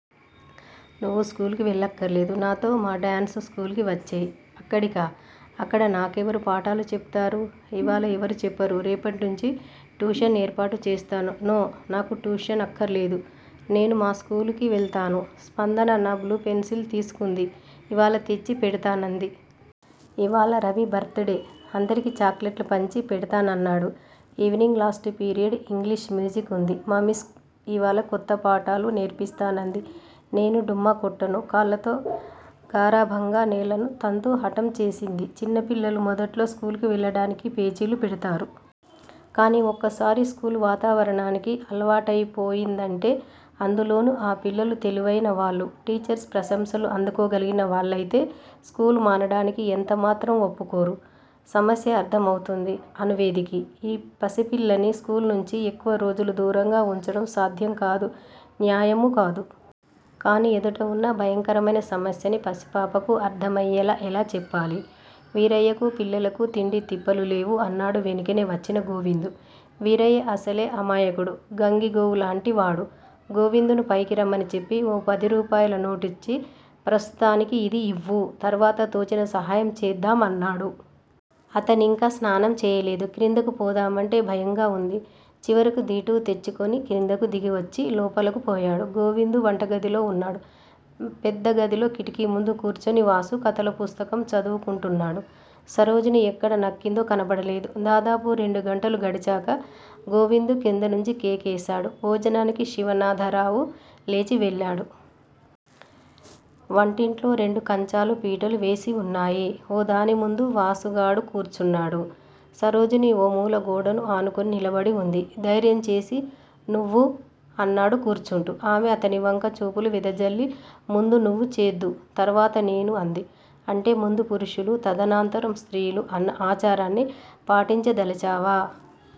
నువు స్కూలుకి వెళ్ళక్కరాలేదు. నాతో మాడాన్సు స్కూలుకి వచ్చేయి. అక్కడికా! అక్కడ నాకెవరు పాటాలు చెప్తారు? ఇవాళ ఎవరూ చెప్పరు. రేపటినుంచి ట్యుషన్ ఏర్పాటు చేస్తాను. నో నాకు ట్యుషను అక్కరలేదు. నేను మా స్కూలుకి వెళ్తాను. స్పందన నా బ్లూ పెన్సిలు తీసుకుంది. ఇవాళ తెచ్చి పెడ్తానంది. ఇవాళ రవి బర్త్ డే అందరికి చాక్లెట్లు పంచి పెడ్తానన్నాడు. Evening last period English music వుంది. మా మిస్ యివాళ కొత్త పాటాలు నేర్పిస్తానంది. నేను డుమ్మా కొట్టను. కాళ్ళతో గారాబంగా నేలను తంతూ హటం చేసింది. చిన్నపిలలు మొదట్లో స్కూలుకి వెళ్ళడానికి పేచీలు పెడ్తారు. కాని ఒక్కసారి స్కూలు వాతావరణానికి అలావాటైపోయిందంటే అందులోను ఆ పిల్లలు తెలివైన వాళ్ళు టీచర్స్ ప్రశంసలు అందుకోగలిగిన వాళ్ళయితే స్కూలు మానడానికి యెంత మాత్రం వొప్పుకోరు. సమస్య అర్ధమౌతుంది అణువేదకి. ఈ పసిపిల్లని స్కూలు నించి ఎక్కువ రోజులు దూరంగా వుంచడం సాధ్యం కాదు. న్యాయము కాదు. కాని ఎదుట వున్న భయంకరమైన సమస్యని పసిపాపకి అర్ధమయ్యేలా ఎలా చెప్పాలి? వీరయ్యకూ, పిల్లలకూ తిండీతిప్పలు లేవు అన్నాడు వెనుకనే వచ్చిన గోవిందు. వీరయ్య అసలే అమాయకుడు, గంగిగోవులాంటివాడు గోవిందును పైకి రమ్మని చెప్పి, ఓ పదిరూపాయల నోటిచ్చి ప్రస్తుతానికి యిది యివ్వు తర్వాత తోచిన సహాయం చేద్దాం అన్నాడు. అతనింకా స్నానం చేయలేదు. క్రిందకు పోదామంటే భయంగా వుంది. చివరకు దిటవు తెచ్చుకుని క్రిందకు దిగివచ్చి, లోపలకు పోయాడు. గోవిందు వంటగదిలో వున్నాడు. పెద్దగదిలో కిటికీముందు కూర్చుని వాసు కథలపుస్తకం చదువుకుంటున్నాడు. సరోజిని ఎక్కడ నక్కిందో కనబడలేదు. దాదాపు రెండుగంటలు గడిచాక గోవిందు క్రిందనుంచి కేకేశాడు భోజనానికి శివనాథరావు లేచివెళ్ళాడు. వంటయింట్లో రెండు కంచాలూ, పీటలూ వేసివున్నాయి. ఓ దానిముందు వాసుగాడు కూర్చున్నాడు. సరోజిని ఓ మూల గోడను ఆనుకుని నిలబడివుంది ధైర్యం చేసి. నువ్వూ? అన్నాడు కూర్చుంటూ. ఆమె అతనివంక చూపులు వెదజల్లి ముందు నువ్వు చేద్దూ, తర్వాత నేను అంది. అంటే ముందు పురుషులు, తదనంతరం స్త్రీలు అన్న ఆచారాన్ని పాటించదలచావా?